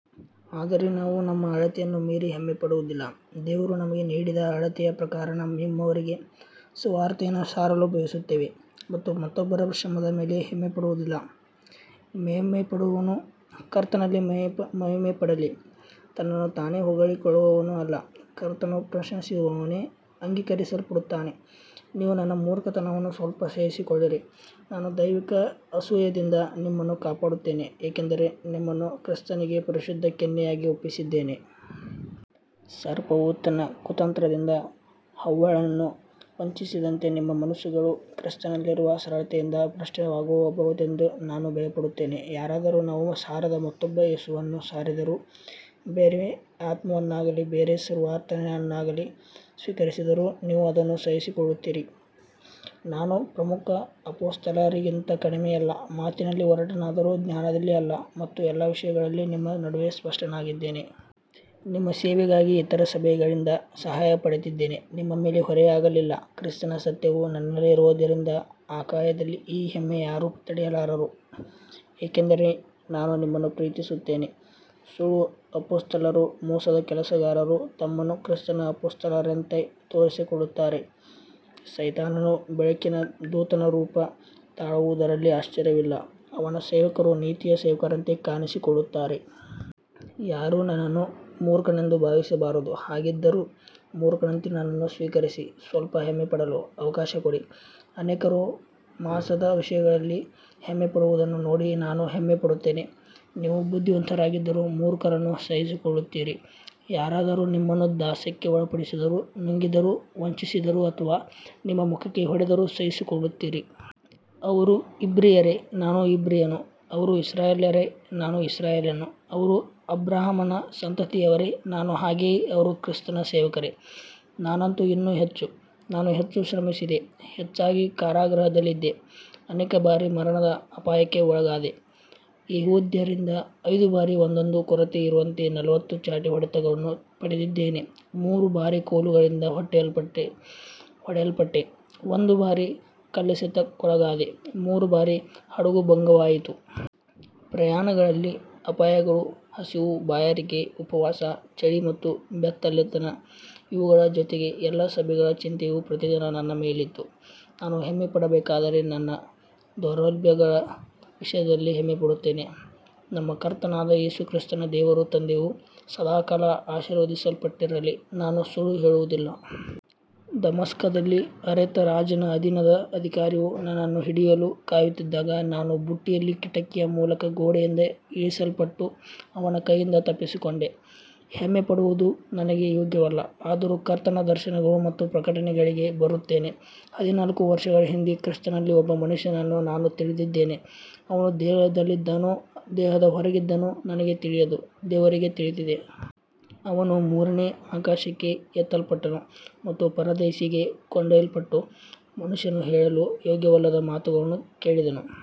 ಆದರೆ ನಾವು ನಮ್ಮ ಅಳತೆಯನ್ನು ಮೀರಿ ಹೆಮ್ಮೆಪಡುವುದಿಲ್ಲ, ದೇವರು ನಮಗೆ ನೀಡಿದ ಅಳತೆಯ ಪ್ರಕಾರ ನಿಮ್ಮವರೆಗೆ ಸುವಾರ್ತೆಯನ್ನು ಸಾರಲು ಬಯಸುತ್ತೇವೆ ಮತ್ತು ಮತ್ತೊಬ್ಬರ ಶ್ರಮದ ಮೇಲೆ ಹೆಮ್ಮೆಪಡುವುದಿಲ್ಲ. ಮಹಿಮೆಪಡುವವನು ಕರ್ತನಲ್ಲಿ ಮಹಿಮೆಪಡಲಿ, ತನ್ನನ್ನು ತಾನೇ ಹೊಗಳಿಕೊಳ್ಳುವವನು ಅಲ್ಲ, ಕರ್ತನು ಪ್ರಶಂಸಿಸುವವನೇ ಅಂಗೀಕರಿಸಲ್ಪಡುತ್ತಾನೆ. ನೀವು ನನ್ನ ಮೂರ್ಖತನವನ್ನು ಸ್ವಲ್ಪ ಸಹಿಸಿಕೊಳ್ಳಿರಿ, ನಾನು ದೈವಿಕ ಅಸೂಯೆಯಿಂದ ನಿಮ್ಮನ್ನು ಕಾಪಾಡುತ್ತೇನೆ, ಏಕೆಂದರೆ ನಿಮ್ಮನ್ನು ಕ್ರಿಸ್ತನಿಗೆ ಪರಿಶುದ್ಧ ಕನ್ಯೆಯಾಗಿ ಒಪ್ಪಿಸಿದ್ದೇನೆ. ಸರ್ಪವು ತನ್ನ ಕುತಂತ್ರದಿಂದ ಹವ್ವಳನ್ನು ವಂಚಿಸಿದಂತೆ ನಿಮ್ಮ ಮನಸ್ಸುಗಳು ಕ್ರಿಸ್ತನಲ್ಲಿರುವ ಸರಳತೆಯಿಂದ ಭ್ರಷ್ಟವಾಗಬಹುದೆಂದು ನಾನು ಭಯಪಡುತ್ತೇನೆ. ಯಾರಾದರೂ ನಾವು ಸಾರದ ಮತ್ತೊಬ್ಬ ಯೇಸುವನ್ನು ಸಾರಿದರೂ, ಬೇರೆ ಆತ್ಮವನ್ನಾಗಲಿ ಬೇರೆ ಸುವಾರ್ತೆಯನ್ನಾಗಲಿ ಸ್ವೀಕರಿಸಿದರೂ ನೀವು ಅದನ್ನು ಸಹಿಸಿಕೊಳ್ಳುತ್ತೀರಿ. ನಾನು ಪ್ರಮುಖ ಅಪೊಸ್ತಲರಿಗಿಂತ ಕಡಿಮೆಯಲ್ಲ, ಮಾತಿನಲ್ಲಿ ಒರಟನಾದರೂ ಜ್ಞಾನದಲ್ಲಿ ಅಲ್ಲ, ಮತ್ತು ಎಲ್ಲ ವಿಷಯಗಳಲ್ಲಿ ನಿಮ್ಮ ನಡುವೆ ಸ್ಪಷ್ಟನಾಗಿದ್ದೇನೆ. ನಿಮ್ಮ ಸೇವೆಗಾಗಿ ಇತರ ಸಭೆಗಳಿಂದ ಸಹಾಯ ಪಡೆದಿದ್ದೇನೆ, ನಿಮ್ಮ ಮೇಲೆ ಹೊರೆಯಾಗಲಿಲ್ಲ. ಕ್ರಿಸ್ತನ ಸತ್ಯವು ನನ್ನಲ್ಲಿರುವುದರಿಂದ ಅಖಾಯದಲ್ಲಿ ಈ ಹೆಮ್ಮೆ ಯಾರೂ ತಡೆಯಲಾರರು, ಏಕೆಂದರೆ ನಾನು ನಿಮ್ಮನ್ನು ಪ್ರೀತಿಸುತ್ತೇನೆ. ಸುಳ್ಳು ಅಪೊಸ್ತಲರು ಮೋಸದ ಕೆಲಸಗಾರರು, ತಮ್ಮನ್ನು ಕ್ರಿಸ್ತನ ಅಪೊಸ್ತಲರಂತೆ ತೋರಿಸಿಕೊಳ್ಳುತ್ತಾರೆ. ಸೈತಾನನು ಬೆಳಕಿನ ದೂತನ ರೂಪ ತಾಳುವುದರಲ್ಲಿ ಆಶ್ಚರ್ಯವಿಲ್ಲ, ಅವನ ಸೇವಕರೂ ನೀತಿಯ ಸೇವಕರಂತೆ ಕಾಣಿಸಿಕೊಳ್ಳುತ್ತಾರೆ. ಯಾರೂ ನನ್ನನ್ನು ಮೂರ್ಖನೆಂದು ಭಾವಿಸಬಾರದು, ಹಾಗಿದ್ದರೂ ಮೂರ್ಖನಂತೆ ನನ್ನನ್ನು ಸ್ವೀಕರಿಸಿ ಸ್ವಲ್ಪ ಹೆಮ್ಮೆಪಡಲು ಅವಕಾಶ ಕೊಡಿ. ಅನೇಕರು ಮಾಂಸದ ವಿಷಯಗಳಲ್ಲಿ ಹೆಮ್ಮೆಪಡುವುದನ್ನು ನೋಡಿ ನಾನೂ ಹೆಮ್ಮೆಪಡುತ್ತೇನೆ. ನೀವು ಬುದ್ಧಿವಂತರಾಗಿದ್ದರೂ ಮೂರ್ಖರನ್ನು ಸಹಿಸಿಕೊಳ್ಳುತ್ತೀರಿ, ಯಾರಾದರೂ ನಿಮ್ಮನ್ನು ದಾಸ್ಯಕ್ಕೆ ಒಳಪಡಿಸಿದರೂ, ನುಂಗಿದರೂ, ವಂಚಿಸಿದರೂ ಅಥವಾ ನಿಮ್ಮ ಮುಖಕ್ಕೆ ಹೊಡೆದರೂ ಸಹಿಸಿಕೊಳ್ಳುತ್ತೀರಿ. ಅವರು ಇಬ್ರಿಯರೇ, ನಾನೂ ಇಬ್ರಿಯನು, ಅವರು ಇಸ್ರಾಯೇಲ್ಯರೇ, ನಾನೂ ಇಸ್ರಾಯೇಲ್ಯನು, ಅವರು ಅಬ್ರಹಾಮನ ಸಂತತಿಯವರೇ, ನಾನೂ ಹಾಗೆಯೇ. ಅವರು ಕ್ರಿಸ್ತನ ಸೇವಕರೇ, ನಾನಂತೂ ಇನ್ನೂ ಹೆಚ್ಚು, ನಾನು ಹೆಚ್ಚು ಶ್ರಮಿಸಿದೆ, ಹೆಚ್ಚಾಗಿ ಕಾರಾಗೃಹದಲ್ಲಿದ್ದೆ, ಅನೇಕ ಬಾರಿ ಮರಣದ ಅಪಾಯಕ್ಕೆ ಒಳಗಾದೆ. ಯೆಹೂದ್ಯರಿಂದ ಐದು ಬಾರಿ ಒಂದೊಂದು ಕೊರತೆ ಇರುವಂತೆ ನಲವತ್ತು ಚಾಟಿ ಹೊಡೆತಗಳನ್ನು ಪಡೆದಿದ್ದೇನೆ, ಮೂರು ಬಾರಿ ಕೋಲುಗಳಿಂದ ಹೊಡೆಯಲ್ಪಟ್ಟೆ, ಒಂದು ಬಾರಿ ಕಲ್ಲೆಸೆತಕ್ಕೊಳಗಾದೆ, ಮೂರು ಬಾರಿ ಹಡಗುಭಂಗವಾಯಿತು. ಪ್ರಯಾಣಗಳಲ್ಲಿ ಅಪಾಯಗಳು, ಹಸಿವು, ಬಾಯಾರಿಕೆ, ಉಪವಾಸ, ಚಳಿ ಮತ್ತು ಬೆತ್ತಲೆತನ ಇವುಗಳ ಜೊತೆಗೆ ಎಲ್ಲ ಸಭೆಗಳ ಚಿಂತೆಯೂ ಪ್ರತಿದಿನ ನನ್ನ ಮೇಲಿತ್ತು. ನಾನು ಹೆಮ್ಮೆಪಡಬೇಕಾದರೆ ನನ್ನ ದೌರ್ಬಲ್ಯಗಳ ವಿಷಯದಲ್ಲೇ ಹೆಮ್ಮೆಪಡುತ್ತೇನೆ. ನಮ್ಮ ಕರ್ತನಾದ ಯೇಸು ಕ್ರಿಸ್ತನ ದೇವರೂ ತಂದೆಯೂ ಸದಾಕಾಲ ಆಶೀರ್ವದಿಸಲ್ಪಟ್ಟಿರಲಿ, ನಾನು ಸುಳ್ಳು ಹೇಳುವುದಿಲ್ಲ. ದಮಸ್ಕದಲ್ಲಿ ಅರೇತ ರಾಜನ ಅಧೀನದ ಅಧಿಕಾರಿಯು ನನ್ನನ್ನು ಹಿಡಿಯಲು ಕಾಯುತ್ತಿದ್ದಾಗ, ನಾನು ಬುಟ್ಟಿಯಲ್ಲಿ ಕಿಟಕಿಯ ಮೂಲಕ ಗೋಡೆಯಿಂದ ಇಳಿಸಲ್ಪಟ್ಟು ಅವನ ಕೈಯಿಂದ ತಪ್ಪಿಸಿಕೊಂಡೆ. ಹೆಮ್ಮೆಪಡುವುದು ನನಗೆ ಯೋಗ್ಯವಲ್ಲ, ಆದರೂ ಕರ್ತನ ದರ್ಶನಗಳು ಮತ್ತು ಪ್ರಕಟಣೆಗಳಿಗೆ ಬರುತ್ತೇನೆ. ಹದಿನಾಲ್ಕು ವರ್ಷಗಳ ಹಿಂದೆ ಕ್ರಿಸ್ತನಲ್ಲಿ ಒಬ್ಬ ಮನುಷ್ಯನನ್ನು ನಾನು ತಿಳಿದಿದ್ದೇನೆ, ಅವನು ದೇಹದಲ್ಲಿದ್ದನೋ ದೇಹದ ಹೊರಗಿದ್ದನೋ ನನಗೆ ತಿಳಿಯದು, ದೇವರಿಗೆ ತಿಳಿದಿದೆ. ಅವನು ಮೂರನೇ ಆಕಾಶಕ್ಕೆ ಎತ್ತಲ್ಪಟ್ಟನು ಮತ್ತು ಪರದೈಸಿಗೆ ಕೊಂಡೊಯ್ಯಲ್ಪಟ್ಟು ಮನುಷ್ಯನು ಹೇಳಲು ಯೋಗ್ಯವಲ್ಲದ ಮಾತುಗಳನ್ನು ಕೇಳಿದನು.